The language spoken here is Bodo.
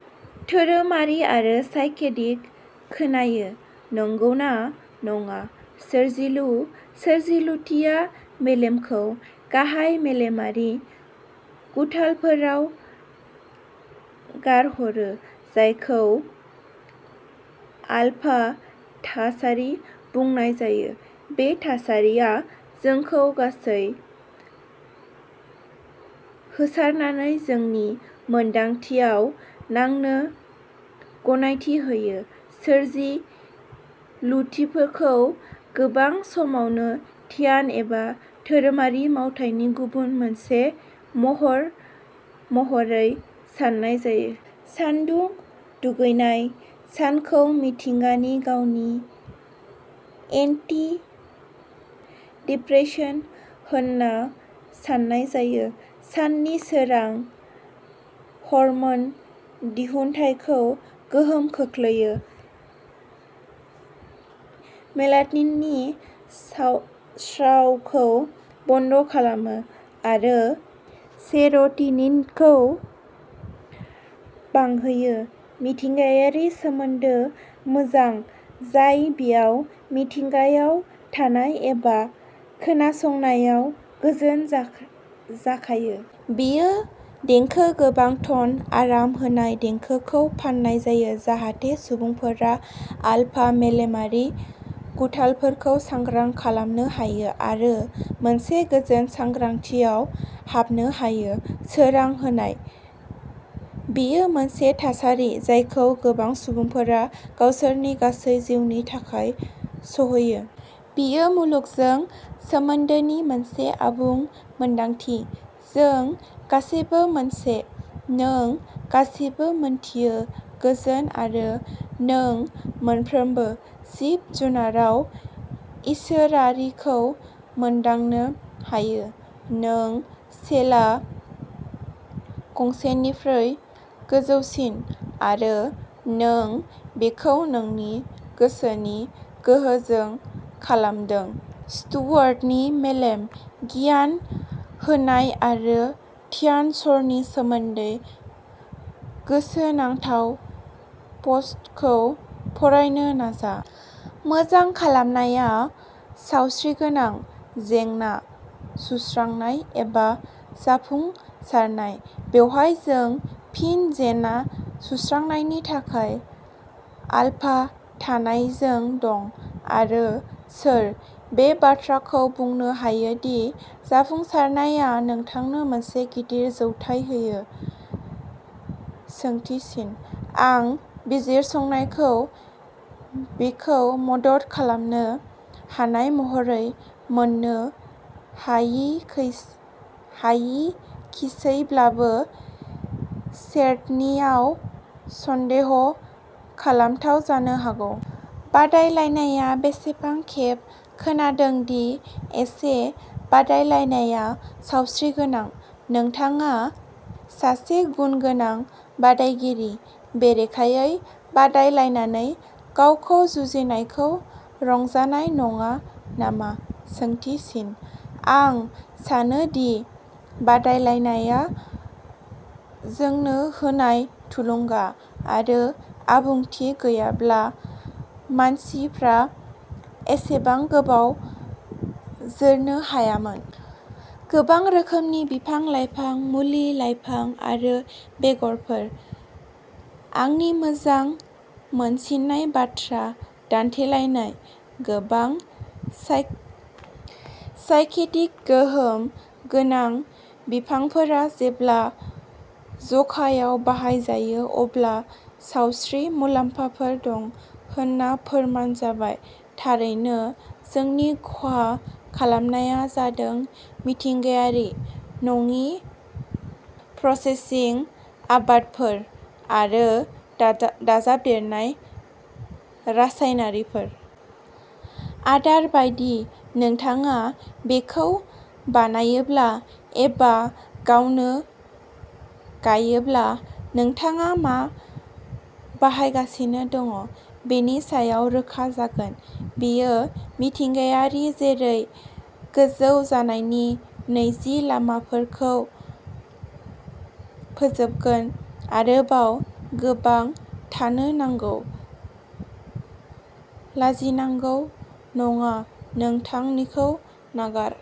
धोरोमारि आरो साइकेडेलिक खोनायो, नंगौना नङा? सोरजिलु। सोरजिलुथिया मेलेमखौ गाहाय मेलेमारि गुथालफोराव गारहरो जायखौ आलफा थासारि बुंनाय जायो। बे थासारिया जोंखौ गोसो होसारनानै जोंनि मोनदांथियाव नांनो गनायथि होयो। सोरजिलुथिखौ गोबां समावनो ध्यान एबा धोरोमारि मावथायनि गुबुन मोनसे महर महरै साननाय जायो। सानदुं दुगैनाय। सानखौ मिथिंगानि गावनि एन्टि-डिप्रेसेन्ट होनना साननाय जायो। साननि सोरां हर्मोन दिहुनथायखौ गोहोम खोख्लैयो, मेलाट'निननि स्रावखौ बन्द खालामो आरो सेर'ट'निनखौ बांहोयो। मिथिंगायारि सोमोन्दो। मोजां, जाय बेयाव मिथिंगायाव थानाय एबा खोनासंनायाव गोजोन जायाखै। बेनि देंखो गोबां टन आराम होनाय देंखोखौ फाननाय जायो जाहाथे सुबुंफोरा आलफा मेलेमारि गुथालफोरखौ सांग्रां खालामनो हायो आरो मोनसे गोजोन सांग्रांथियाव हाबनो हायो। सोरां होनाय। बेयो मोनसे थासारि जायखौ गोबां सुबुंफोरा गावसोरनि गासै जिउनि थाखाय सहैयो। बेयो मुलुगजों सोमोन्दोनि मोनसे आबुं मोनदांथि। जों गासैबो मोनसे नों गासिबो मिन्थियो गोजोन आरो नों मोनफ्रोमबो जिब-जुनाराव इसोरारिखौ मोनदांनो हायो। नों सिला गंसेनिख्रुइ गोजौसिन आरो नों बेखौ नोंनि गोसोनि गोहोजों खालामदों स्टुअर्टनि मेलेम, गियान होनाय आरो ध्यान सर'नि सोमोनदै गोसोनांथाव पस्टखौ फरायनो नाजा। मोजां खालामनाया सावस्रिगोनां जेंना-सुस्रांनाय एबा जाफुंसारनाय। बेवहाय जों फिन जेंना-सुस्रांनायनि थाखाय आलफा थाथायजों दं। आरो सोर? बे बाथ्राखौ बुंनो हायो दि जाफुंसारनाया नोंथांनो मोनसे गिदिर जौथाय होयो? आं बिजिरसंनायखौ बेखौ मदद खालामनो हानाय महरै मोननो हायाखिसैब्लाबो, सेर'ट'निनआ सन्देह खालामथाव जानो हागौ। बादायलायनाया बेसेबां खेब खोनादों दि एसे बादायलायनाया सावस्रिगोनां, नोंथाङा सासे गुनगोनां बादायगिरिनि बेरेखायै बादायलायनानै गावखौ जुजिनायखौ रंजानाय नङा नामा? आं सानो दि बादायलायनाया जोंनो होनाय थुलुंगा आरो आबुंथि गैयाब्ला मानसिफ्रा एसेबां गोबाव जोरनो हायामोन। गोबां रोखोमनि बिफां-लाइफां, मुलि-लाइफां आरो बेगरफोर। आंनि मोजां मोनसिननाय बाथ्रा दान्थेलायनाय गोबां साइकेडेलिक गोहोम गोनां बिफांफोरा जेब्ला जखायाव बाहायजायो अब्ला सावस्रि मुलाम्फाफोर दं होनना फोरमान जाबाय। थारैनो जोंनि खहा खालामनाया जादों मिथिंगायारि नङि प्रसेसिं आदबफोर आरो दाजाबदेरनाय रासायनारिफोर। आदार बायदि, नोंथाङा बेखौ बानायोब्ला एबा गावनो गायोब्ला, नोंथाङा मा बाहायगासिनो दं बेनि सायाव रोखा जागोन। बेयो मिथिंगायारि महरै गोजौ जानायनि नैजि लामाफोरखौ फोजोबगोन। आरोबाव गोबां थानो नांगोन। लाजिनांगौ नङा नोंथांनिखौ नागार।